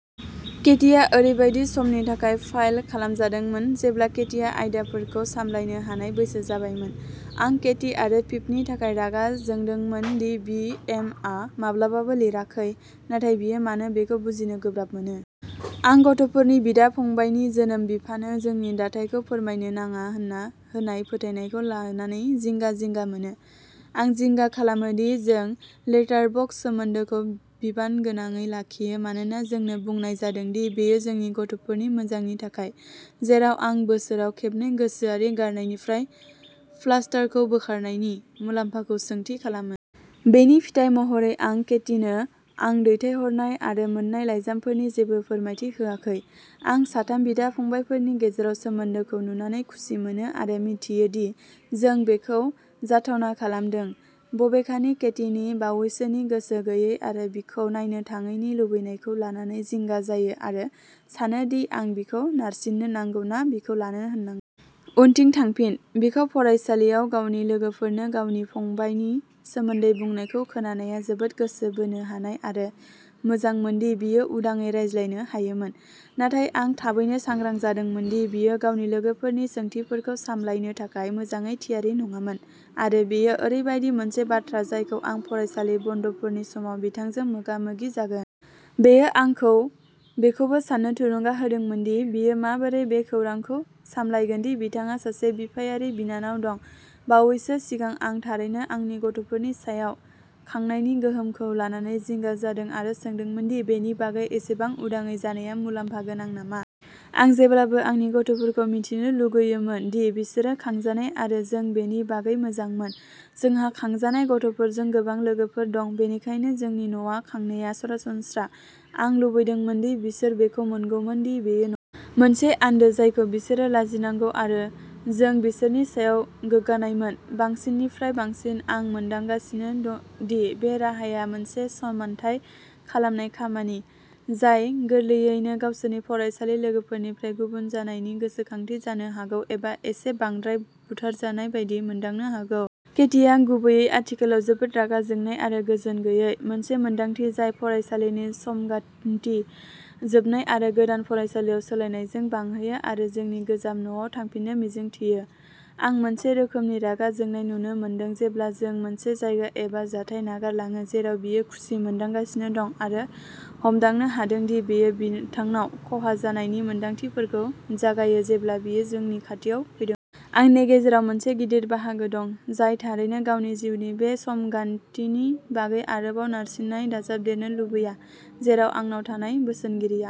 केटीआ ओरैबायदि समनि थाखाय फाइल खालामजादोंमोन जेब्ला केटीआ आयदाफोरखौ सामलायनो हानाय बैसो जाबायमोन। आं केटी आरो पिपनि थाखाय रागा जोंदोंमोन दि बी एम आ माब्लाबाबो लिराखै, नाथाय बियो मानो बेखौ बुजिनो गोब्राब मोनो। आं गथ'फोरनि बिदा-फंबायनि जोनोम बिफानो जोंनि दाथायखौ फोरमायनो नाङा होनना होनाय फोथायनायखौ लानानै जिंगा-जिंगा मोनो। आं जिंगा खालामो दि जों लेटारबक्स सोमोन्दोखौ बिबानगोनाङै लाखियो मानोना जोंनो बुंनाय जादों दि बेयो जोंनि गथ'फोरनि मोजांनि थाखाय, जेराव आं बोसोराव खेबनै गोसोआरि गारायनिफ्राय प्लास्टारखौ बोखारनायनि मुलाम्फाखौ सोंथि खालामो। बेनि फिथाय महरै आं केटीनो आं दैथायहरनाय आरो मोन्नाय लाइजामफोरनि जेबो फोरमायथि होआखै। आं साथाम बिदा-फंबायफोरनि गेजेराव सोमोन्दोखौ नुनानै खुसि मोनो आरो मिथियो दि जों बेखौ जाथावना खालामदों, बबेखानि केटीनि बावैसोनि गोसो गैयै आरो बिखौ नायनो थांङैनि लुबैनायखौ लानानै जिंगा जायो आरो सानो दि आं बिखौ नारसिन्नो नांगौ ना बिखौ लानो होनां उनथिं थांफिन। बिखौ फरायसालियाव गावनि लोगोफोरनो गावनि फंबायनि सोमोन्दै बुंनायखौ खोनानाया जोबोद गोसो बोनो हानाय आरो मोजांमोनदि बियो उदाङै रायज्लायनो हायोमोन, नाथाय आं थाबैनो सांग्रां जादोंमोन दि बियो गावनि लोगोफोरनि सोंथिफोरखौ सामलायनो थाखाय मोजाङै थियारि नङामोन आरो बेयो ओरैबायदि मोनसे बाथ्रा जायखौ आं फरायसालि बन्द'फोरनि समाव बिथांजों मोगामोगि जागोन। बेयो आंखौ बेखौबो साननो थुलुंगा होदोंमोन दि बियो माबोरै बे खौरांखौ सामलायगोन दि बिथांहा सासे बिफायारि बिनानाव दं। बावैसो सिगां आं थारैनो आंनि गथ'फोरनि सायाव खांनायनि गोहोमखौ लानानै जिंगा जादों आरो सोंदोंमोन दि बेनि बागै एसेबां उदाङै जानाया मुलाम्फा गोनां नामा? आं जेब्लाबो आंनि गथ'फोरखौ मिथिनो लुगैयोमोन दि बिसोरो खांजानाय आरो जों बेनि बागै मोजांमोन। जोंहा खांजानाय गथ'फोरजों गोबां लोगोफोर दं, बेनिखायनो जोंनि न'आव खांनाया सरासनस्रा। आं लुबैदोंमोन दि बिसोर बेखौ मोनगौमोन दि बेयो न मोनसे आन्दो जायखौ बिसोरो लाजिनांगौ आरो जों बिसोरनि सायाव गोग्गानायमोन। बांसिननिफ्राय बांसिन आं मोनदांगासिनो दि बे राहाया मोनसे समानथाय खालामनाय खामानि, जाय गोरलैयैनो गावसोरनि फरायसालि लोगोफोरनिफ्राय गुबुन जानायनि गोसोखांथि जानो हागौ एबा एसे बांद्राय बुथारजानाय बायदि मोनदांनो हागौ। केटीआ गुबैयै आथिखालाव जोबोद रागा जोंनाय आरो गोजोन गैयै, मोनसे मोन्दांथि जाय फरायसालिनि समगान्थि जोबनाय आरो गोदान फरायसालियाव सोलायनायजों बांहोयो आरो जोंनि गोजाम न'आव थांफिननो मिजिंथियो। आं मोनसे रोखोमनि रागा जोंनाय नुनो मोनदों जेब्ला जों मोनसे जायगा एबा जाथाय नागारलाङो जेराव बियो खुसि मोनदांगासिनो दं आरो हमदांनो हादों दि बेयो बिथांनाव खहा जानायनि मोनदांथिफोरखौ जागायो जेब्ला बियो जोंनि खाथियाव फैदों। आंनि गेजेराव मोनसे गिदिर बाहागो दं जाय थारैनो गावनि जिउनि बे समगान्थिनि बागै आरोबाव नारसिननाय दाजाबदेरनो लुबैया, जेराव आंनाव थानाय बोसोनगिरिया।